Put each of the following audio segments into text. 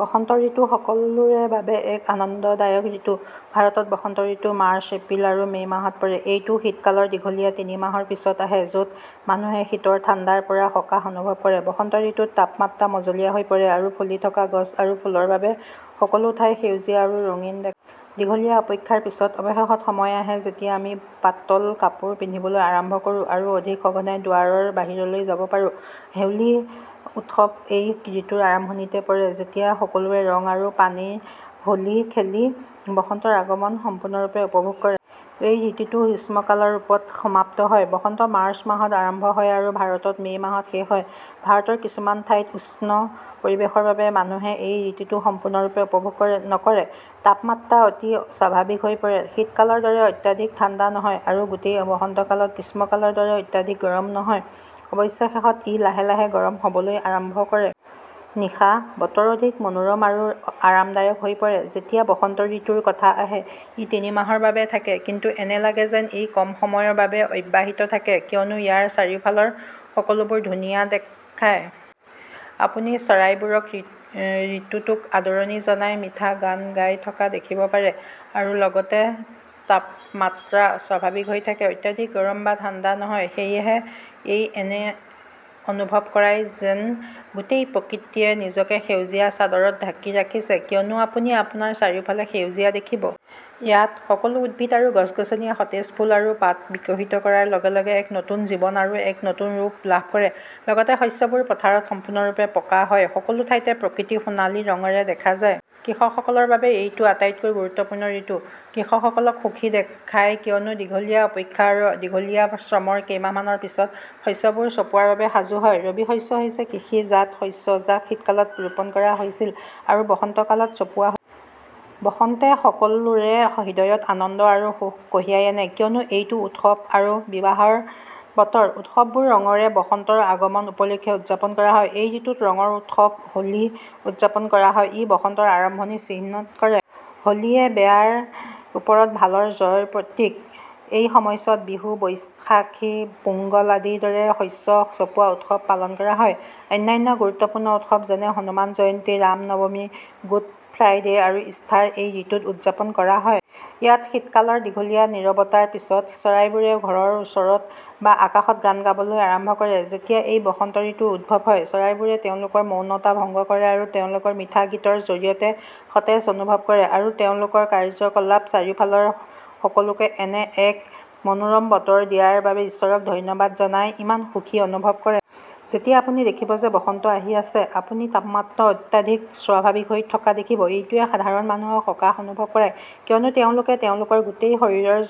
বসন্ত ঋতু সকলোৰে বাবে এক আনন্দদায়ক ঋতু। ভাৰতত বসন্ত ঋতু মাৰ্চ, এপ্ৰিল আৰু মে মাহত পৰে। এইটো শীতকালৰ দীঘলীয়া তিনি মাহৰ পিছত আহে য'ত মানুহে শীতৰ ঠাণ্ডাৰ পৰা সকাহ অনুভৱ কৰে। বসন্ত ঋতুত তাপমাত্ৰা মজলীয়া হৈ পৰে আৰু ফুলি থকা গছ আৰু ফুলৰ বাবে সকলোঠাই সেউজীয়া আৰু ৰঙীন দেখায়। দীঘলীয়া অপেক্ষাৰ পিছত, অৱশেষত সময় আহে যেতিয়া আমি পাতল কাপোৰ পিন্ধিবলৈ আৰম্ভ কৰোঁ আৰু অধিক সঘনাই দুৱাৰৰ বাহিৰলৈ যাব পাৰো। হোলী উৎসৱ এই ঋতুৰ আৰম্ভণিতে পৰে যেতিয়া সকলোৱে ৰং আৰু পানীৰে হোলী খেলি বসন্তৰ আগমন সম্পূৰ্ণৰূপে উপভোগ কৰে। এই ঋতুটো গ্ৰীষ্মকালৰ ৰূপত সমাপ্ত হয়। বসন্ত মাৰ্চ মাহত আৰম্ভ হয় আৰু ভাৰতত মে মাহত শেষ হয়। ভাৰতৰ কিছুমান ঠাইত, উষ্ণ পৰিৱেশৰ বাবে মানুহে এই ঋতুটো সম্পূৰ্ণৰূপে উপভোগ নকৰে। তাপমাত্ৰা অতি স্বাভাৱিক হৈ পৰে, শীতকালৰ দৰে অত্যাধিক ঠাণ্ডা নহয় আৰু গোটেই বসন্তকালত গ্ৰীষ্মকালৰ দৰে অত্যাধিক গৰম নহয় অৱশ্যে শেষত ই লাহে লাহে গৰম হ'বলৈ আৰম্ভ কৰে। নিশা, বতৰ অধিক মনোৰম আৰু আৰামদায়ক হৈ পৰে। যেতিয়া বসন্ত ঋতুৰ কথা আহে, ই তিনি মাহৰ বাবে থাকে, কিন্তু এনে লাগে যেন ই কম সময়ৰ বাবে অব্যাহত থাকে কিয়নো ইয়াৰ চাৰিওফালৰ সকলোবোৰ ধুনীয়া দেখায়। আপুনি চৰাইবোৰক ঋতুটোক আদৰণি জনাই মিঠা গান গাই থকা দেখিব পাৰে, আৰু লগতে, তাপমাত্ৰা স্বাভাৱিক হৈ থাকে, অত্যাধিক গৰম বা ঠাণ্ডা নহয়। সেয়েহে, ই এনে অনুভৱ কৰায় যেন গোটেই প্ৰকৃতিয়ে নিজকে সেউজীয়া চাদৰত ঢাকি ৰাখিছে কিয়নো আপুনি আপোনাৰ চাৰিওফালে সেউজীয়া দেখিব। ইয়াত, সকলো উদ্ভিদ আৰু গছ-গছনিয়ে সতেজ ফুল আৰু পাত বিকশিত কৰাৰ লগে লগে এক নতুন জীৱন আৰু এক নতুন ৰূপ লাভ কৰে। লগতে, শস্যবোৰ পথাৰত সম্পূৰ্ণৰূপে পকা হয়, সকলো ঠাইতে প্ৰকৃতি সোণালী ৰঙেৰে দেখা যায়। কৃষকসকলৰ বাবে এইটো আটাইতকৈ গুৰুত্বপূৰ্ণ ঋতু। কৃষকসকলক সুখী দেখায় কিয়নো দীঘলীয়া অপেক্ষা আৰু দীঘলীয়া শ্ৰমৰ কেইমাহমানৰ পিছত, শস্যবোৰ চপোৱাৰ বাবে সাজু হয়। ৰবি শস্য হৈছে কৃষিজাত শস্য যাক শীতকালত ৰোপণ কৰা হৈছিল আৰু বসন্তকালত চপোৱা হৈছিল। বসন্তে সকলোৰে হৃদয়ত আনন্দ আৰু সুখ কঢ়িয়াই আনে, কিয়নো এইটো উৎসৱ আৰু বিবাহৰ বতৰ। উৎসৱবোৰ ৰঙেৰে বসন্তৰ আগমন উপলক্ষে উদযাপন কৰা হয়। এই ঋতুত ৰঙৰ উৎসৱ হোলী উদযাপন কৰা হয়। ই বসন্তৰ আৰম্ভণি চিহ্নিত কৰে। হোলীয়ে বেয়াৰ ওপৰত ভালৰ জয়ৰ প্ৰতীক। এই সময়ছোৱাত বিহু, বৈশাখী, পোংগল আদি ৰ দৰে শস্য চপোৱা উৎসৱ পালন কৰা হয়। অন্যান্য গুৰুত্বপূৰ্ণ উৎসৱ যেনে হনুমান জয়ন্তী, ৰাম নৱমী, গুড ফ্ৰাইডে, আৰু ইষ্টাৰ এই ঋতুত উদযাপন কৰা হয়। ইয়াত, শীতকালৰ দীঘলীয়া নীৰৱতাৰ পিছত, চৰাইবোৰে ঘৰৰ ওচৰত বা আকাশত গান গাবলৈ আৰম্ভ কৰে। যেতিয়াই এই বসন্তঋতুৰ উদ্ভৱ হয়, চৰাইবোৰে তেওঁলোকৰ মৌনতা ভংগ কৰে আৰু তেওঁলোকৰ মিঠা গীতৰ জৰিয়তে সতেজ অনুভৱ কৰে, আৰু তেওঁলোকৰ কাৰ্যকলাপে চাৰিওফালৰ সকলোকে এনে এক মনোৰম বতৰ দিয়াৰ বাবে ঈশ্বৰক ধন্যবাদ জনাই ইমান সুখী অনুভৱ কৰায়। যেতিয়া আপুনি দেখিব যে বসন্ত আহি আছে, আপুনি তাপমাত্ৰা অত্যাধিক স্বাভাৱিক হৈ থকা দেখিব। এইটোৱে সাধাৰণতে মানুহক সকাহ অনুভৱ কৰায় কিয়নো তেওঁলোকে তেওঁলোকৰ গোটেই শৰীৰত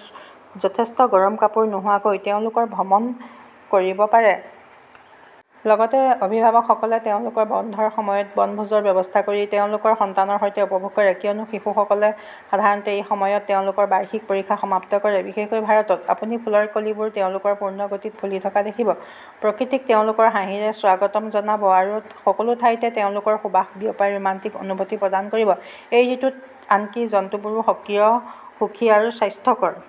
যথেষ্ট গৰম কাপোৰ নোহোৱাকৈ তেওঁলোকৰ ভ্ৰমণ কৰিব পাৰে। লগতে, অভিভাৱকসকলে তেওঁলোকৰ বন্ধৰ সময়ত বনভোজৰ ব্যৱস্থা কৰি তেওঁলোকৰ সন্তানৰ সৈতে উপভোগ কৰে কিয়নো শিশুসকলে সাধাৰণতে এই সময়ত তেওঁলোকৰ বাৰ্ষিক পৰীক্ষা সমাপ্ত কৰে, বিশেষকৈ ভাৰতত।। আপুনি ফুলৰ কলিবোৰ তেওঁলোকৰ পূৰ্ণ গতিত ফুলি থকা দেখিব, প্ৰকৃতিক তেওঁলোকৰ হাঁহিৰে স্বাগতম জনাব আৰু সকলোঠাইতে তেওঁলোকৰ সুবাস বিয়পাই ৰোমাণ্টিক অনুভূতি প্ৰদান কৰিব। এই ঋতুত, আনকি জন্তুবোৰো সক্ৰিয়, সুখী আৰু স্বাস্থ্যকৰ।